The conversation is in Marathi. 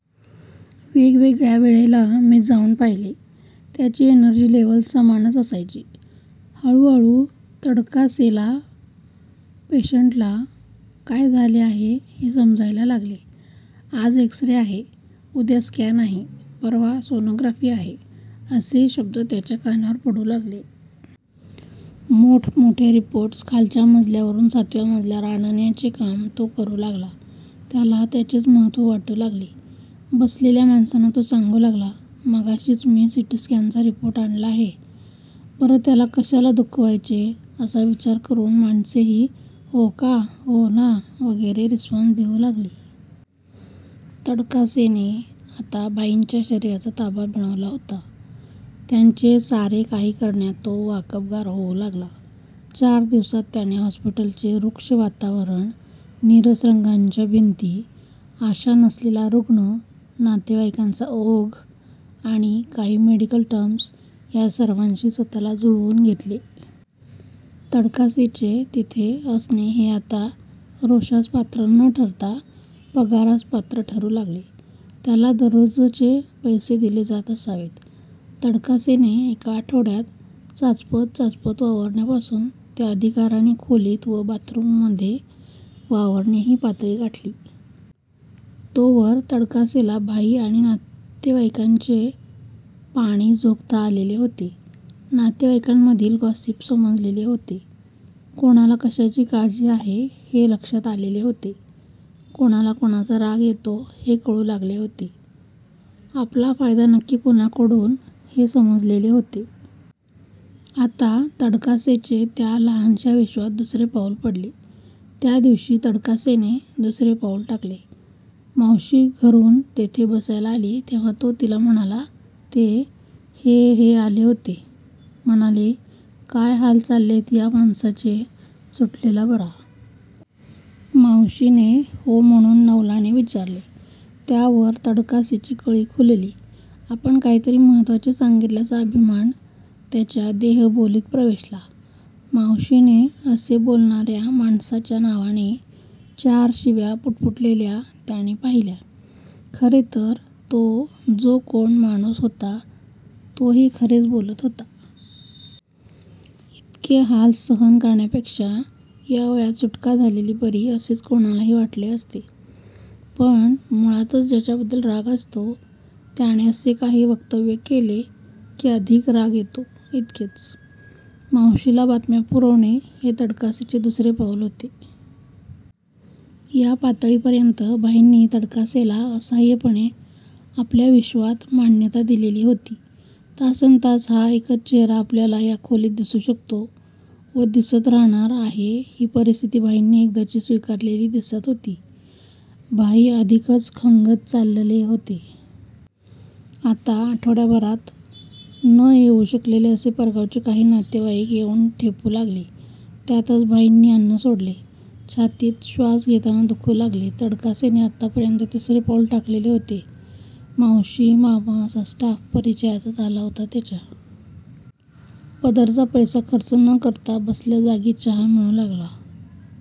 वेगवेगळ्या वेळेला मी जाऊन पाहिले. त्याची एनर्जी लेव्हल समानच असायची. हळूहळू तडकासेला पेशंटला काय झाले आहे हे समजायला लागले. आज एक्स रे आहे, उद्या स्कॅन आहे, परवा सोनोग्राफी आहे असे शब्द त्याच्या कानावर पडू लागले. मोठमोठे रिपोर्ट्स खालच्या मजल्यावरून सातव्या मजल्यावर आणण्याचे काम तो करू लागला. त्याला त्याचेच महत्त्व वाटू लागले. बसलेल्या माणसांना तो सांगू लागला, मगाशीच मी सिटीस्कॅनचा रिपोर्ट आणला आहे. बरं त्याला कशाला दुखवायचे असा विचार करून माणसेही, होका, होना, वगैरे रिस्पॉन्स देऊ लागली. तडकासेने आता भाईंच्या शरीराचा ताबा मिळवला होता. त्यांचे सारे काही करण्यात तो वाकबगार होऊ लागला. चार दिवसांत त्याने हॉस्पिटलचे रुक्ष वातावरण, नीरस रंगाच्या भिंती, आशा नसलेला रुग्ण, नातेवाईकांचा ओघ आणि काही मेडिकल टर्म्स या सर्वांशी स्वतःला जुळवून घेतले. तडकासेचे तिथे असणे हे आता रोषास पात्र न ठरता पगारास पात्र ठरू लागले. त्याला दररोजचे पैसे दिले जात असावेत. तडकासेने एका आठवड्यात चाचपत चाचपत वावरण्यापासून ते अधिकाराने खोलीत व बाथरूममध्ये वावरणे ही पातळी गाठली. तोवर तडकासेला भाई आणि नातेवाईकांचे पाणी जोखता आलेले होते. नातेवाईकांमधील गॉसिप समजलेले होते. कोणाला कशाची काळजी आहे हे लक्षात आलेले होते. कोणाला कोणाचा राग येतो हे कळू लागले होते. आपला फायदा नक्की कोणाकडून हे समजलेले होते. आता तडकासेचे त्या लहानशा विश्वात दुसरे पाऊल पडले. त्या दिवशी तडकासेने दुसरे पाऊल टाकले. मावशी घरून तेथे बसायला आली तेव्हा तो तिला म्हणाला, ते हे हे आले होते, म्हणाले काय हाल चाललेत या माणसाचे, सुटलेला बरा. मावशीने हो? म्हणून नवलाने विचारले. त्यावर तडकासेची कळी खुलली. आपण काहीतरी महत्त्वाचे सांगितल्याचा अभिमान त्याच्या देहबोलीत प्रवेशला. मावशीने असे बोलणाऱ्या माणसाच्या नावाने चार शिव्या पुटपुटलेल्या त्याने पाहिल्या. खरे तर तो जो कोण माणूस होता तोही खरेच बोलत होता. इतके हाल सहन करण्यापेक्षा या वयात सुटका झालेली बरी असेच कोणालाही वाटले असते. पण मुळातच ज्याच्याबद्दल राग असतो त्याने असे काही वक्तव्य केले की अधिक राग येतो इतकेच. मावशीला बातम्या पुरवणे हे तडकासेचे दुसरे पाऊल होते. या पातळीपर्यंत भाईंनी तडकासेला असहाय्यपणे आपल्या विश्वात मान्यता दिलेली होती. तासनतास हा एकच चेहरा आपल्याला या खोलीत दिसू शकतो व दिसत राहणार आहे ही परिस्थिती भाईंनी एकदाची स्वीकारलेली दिसत होती. भाई अधिकच खंगत चाललेले होते. आता आठवड्याभरात न येऊ शकलेले असे परगावचे काही नातेवाईक येऊन ठेपू लागले. त्यातच भाईंनी अन्न सोडले. छातीत श्वास घेताना दुखू लागले. तडकासेने आत्तापर्यंत तिसरे पाऊल टाकलेले होते. मावशी, मामा असा स्टाफ परिचयाचा झाला होता त्याचा. पदरचा पैसा खर्च न करता बसल्या जागी चहा मिळू लागला